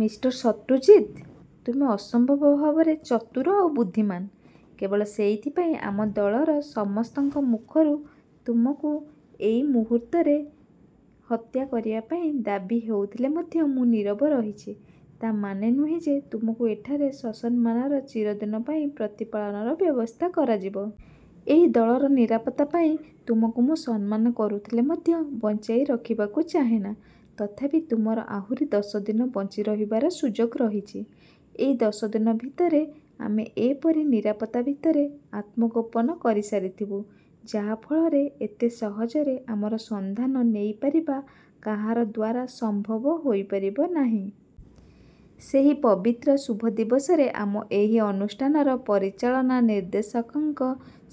ମି. ଶତ୍ରୁଜିତ! ତୁମେ ଅସମ୍ଭବ ଭାବରେ ଚତୁର ଆଉ ବୁଦ୍ଧିମାନ। କେବଳ ସେଇଥିପାଇଁ ଆମ ଦଳର ସମସ୍ତଙ୍କ ମୁଖରୁ ତୁମକୁ ଏହି ମୁହୂର୍ତ୍ତରେ ହତ୍ୟା କରିବା ପାଇଁ ଦାବି ହେଉଥିଲେ ମଧ୍ୟ ମୁଁ ନୀରବ ରହିଛି। ତା ମାନେ ନୁହେଁ ଯେ ତୁମକୁ ଏଠାରେ ସସମ୍ମାନର ଚିରଦିନ ପାଇଁ ପ୍ରତିପାଳନର ବ୍ୟବସ୍ଥା କରାଯିବ। ଏହି ଦଳର ନିରାପତ୍ତା ପାଇଁ ତୁମକୁ ମୁଁ ସମ୍ମାନ କରୁଥିଲେ ମଧ୍ୟ ବଞ୍ଚାଇ ରଖିବାକୁ ଚାହେଁ ନା। ତଥାପି ତୁମର ଆହୁରି ଦଶ ଦିନ ବଞ୍ଚି ରହିବାର ସୁଯୋଗ ରହିଛି। ଏହି ଦଶ ଦିନ ଭିତରେ ଆମେ ଏପରି ନିରାପତ୍ତା ଭିତରେ ଆତ୍ମଗୋପନ କରି ସାରିଥିବୁ, ଯାହା ଫଳରେ ଏତେ ସହଜରେ ଆମର ସନ୍ଧାନ ନେଇ ପାରିବା କାହାର ଦ୍ୱାରା ସମ୍ଭବ ହୋଇ ପାରିବ ନାହିଁ। ସେହି ପବିତ୍ର ଶୁଭ ଦିବସରେ ଆମ ଏହି ଅନୁଷ୍ଠାନର ପରିଚାଳନା ନିର୍ଦ୍ଦେଶକଙ୍କ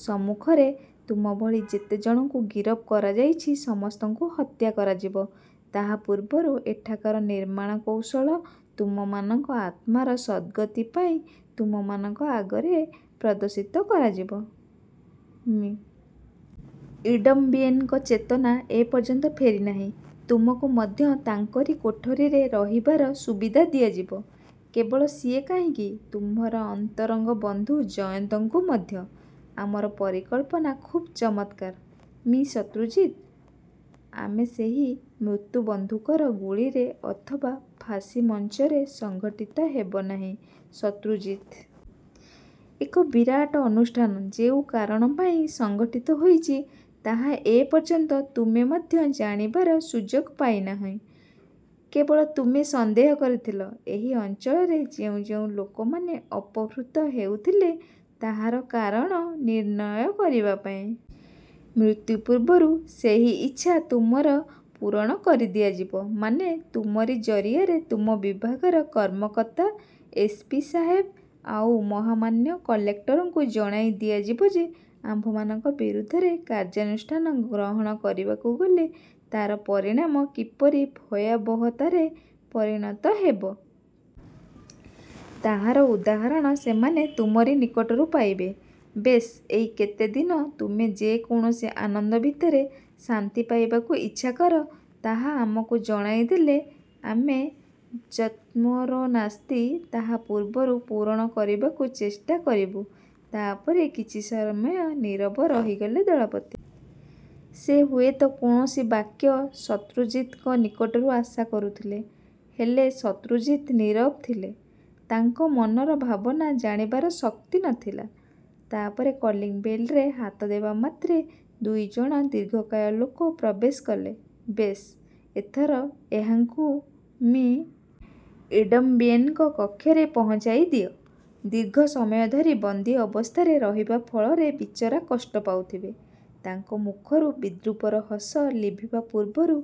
ସମ୍ମୁଖରେ ତୁମ ଭଳି ଯେତେ ଜଣଙ୍କୁ ଗିରଫ କରାଯାଇଛି, ସମସ୍ତଙ୍କୁ ହତ୍ୟା କରାଯିବ। ତାହା ପୂର୍ବରୁ ଏଠାକାର ନିର୍ମାଣ କୌଶଳ ତୁମମାନଙ୍କ ଆତ୍ମାର ସଦ୍‌ଗତି ପାଇଁ ତୁମମାନଙ୍କ ଆଗରେ ପ୍ରଦର୍ଶିତ କରାଯିବ। ମି. ଇଡମ୍ବିଏନ୍‌ଙ୍କ ଚେତନା ଏ ପର୍ଯ୍ୟନ୍ତ ଫେରି ନାହିଁ। ତୁମକୁ ମଧ୍ୟ ତାଙ୍କରି କୋଠରିରେ ରହିବାର ସୁବିଧା ଦିଆଯିବ। କେବଳ ସିଏ କାହିଁକି, ତୁମ୍ଭର ଅନ୍ତରଙ୍ଗ ବନ୍ଧୁ ଜୟନ୍ତଙ୍କୁ ମଧ୍ୟ। ଆମର ପରିକଳ୍ପନା ଖୁବ୍ ଚମତ୍କାର ମି. ଶତ୍ରୁଜିତ। ଆମେ ସେହି ମୃତ୍ୟୁ ବନ୍ଧୁକର ଗୁଳିରେ ଅଥବା ଫାଶୀମଞ୍ଚରେ ସଂଘଟିତ ହେବ ନାହିଁ ଶତ୍ରୁଜିତ। ଏକ ବିରାଟ ଅନୁଷ୍ଠାନ ଯେଉଁ କାରଣ ପାଇଁ ସଂଗଠିତ ହୋଇଛି, ତାହା ଏ ପର୍ଯ୍ୟନ୍ତ ତୁମେ ମଧ୍ୟ ଜାଣିବାର ସୁଯୋଗ ପାଇ ନାହିଁ। କେବଳ ତୁମେ ସନ୍ଦେହ କରିଥିଲ, ଏହି ଅଞ୍ଚଳରେ ଯେଉଁ ଯେଉଁ ଲୋକମାନେ ଅପହୃତ ହେଉଥିଲେ, ତାହାର କାରଣ ନିର୍ଣ୍ଣୟ କରିବା ପାଇଁ। ମୃତ୍ୟୁ ପୂର୍ବରୁ ସେହି ଇଚ୍ଛା ତୁମର ପୂରଣ କରି ଦିଆଯିବ। ମାନେ, ତୁମରି ଜରିଆରେ ତୁମ ବିଭାଗର କର୍ମକର୍ତ୍ତା ଏସ୍. ପି. ସାହେବ ଆଉ ମହାମାନ୍ୟ କଲେକ୍ଟରଙ୍କୁ ଜଣାଇ ଦିଆଯିବ ଯେ, ଆମ୍ଭମାନଙ୍କ ବିରୁଦ୍ଧରେ କାର୍ଯ୍ୟାନୁଷ୍ଠାନ ଗ୍ରହଣ କରିବାକୁ ଗଲେ ତାର ପରିଣାମ କିପରି ଭୟାବହତାରେ ପରିଣତ ହେବ। ତାହାର ଉଦାହରଣ ସେମାନେ ତୁମରି ନିକଟରୁ ପାଇବେ। ବେଶ୍, ଏହି କେତେ ଦିନ ତୁମେ ଯେ କୌଣସି ଆନନ୍ଦ ଭିତରେ ଶାନ୍ତି ପାଇବାକୁ ଇଚ୍ଛାକର, ତାହା ଆମକୁ ଜଣାଇଦେଲେ ଆମେ ଯତ୍ମୋରୋନାସ୍ତି ତାହା ପୂର୍ବରୁ ପୂରଣ କରିବାକୁ ଚେଷ୍ଟା କରିବୁ। ତା ପରେ କିଛି ସମୟ ନୀରବ ରହିଗଲେ ଦଳପତି। ସେ ହୁଏ ତ କୌଣସି ବାକ୍ୟ ଶତ୍ରୁଜିତଙ୍କ ନିକଟରୁ ଆଶା କରୁଥିଲେ। ହେଲେ, ଶତ୍ରୁଜିତ ନୀରବ ଥିଲେ। ତାଙ୍କ ମନର ଭାବନା ଜାଣିବାର ଶକ୍ତି ନ ଥିଲା। ତା ପରେ କଲିଂବେଲରେ ହାତ ଦେବା ମାତ୍ରେ ଦୁଇ ଜଣ ଦୀର୍ଘକାୟ ଲୋକ ପ୍ରବେଶ କଲେ। ବେଶ୍, ଏଥର ଏହାଙ୍କୁ ମି. ଇଡମ୍ବିଏନ୍‌ଙ୍କ କକ୍ଷରେ ପହଞ୍ଚାଇ ଦିଅ। ଦୀର୍ଘ ସମୟ ଧରି ବନ୍ଦୀ ଅବସ୍ଥାରେ ରହିବା ଫଳରେ ବିଚରା କଷ୍ଟ ପାଉଥିବେ। ତାଙ୍କ ମୁଖରୁ ବିଦ୍ରୂପର ହସ ଲିଭିବା ପୂର୍ବରୁ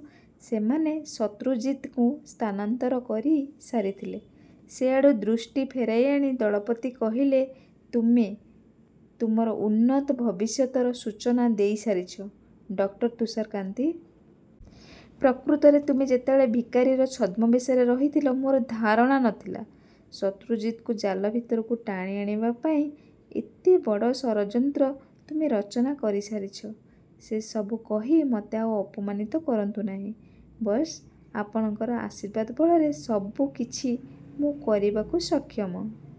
ସେମାନେ ଶତ୍ରୁଜିତଙ୍କୁ ସ୍ଥାନାନ୍ତର କରି ସାରିଥିଲେ। ସେ ଆଡ଼ୁ ଦୃଷ୍ଟି ଫେରାଇ ଆଣି ଦଳପତି କହିଲେ, ତୁମେ। ତୁମର ଉନ୍ନତ ଭବିଷ୍ୟତର ସୂଚନା ଦେଇ ସାରିଛ, ଡକ୍ଟର ତୁଷାରକାନ୍ତି। ପ୍ରକୃତରେ ତୁମେ ଯେତେବେଳେ ଭିକାରୀର ଛଦ୍ମବେଶରେ ରହିଥିଲ, ମୋର ଧାରଣା ନ ଥିଲା ଶତ୍ରୁଜିତକୁ ଜାଲ ଭିତରକୁ ଟାଣି ଆଣିବା ପାଇଁ ଏତେ ବଡ଼ ଷରଯନ୍ତ୍ର ତୁମେ ରଚନା କରି ସାରିଛ। ସେ ସବୁ କହି ମୋତେ ଆଉ ଅପମାନିତ କରନ୍ତୁ ନାହିଁ, ବସ୍। ଆପଣଙ୍କର ଆଶୀର୍ବାଦ ବଳରେ ସବୁ କିଛି ମୁଁ କରିବାକୁ ସକ୍ଷମ।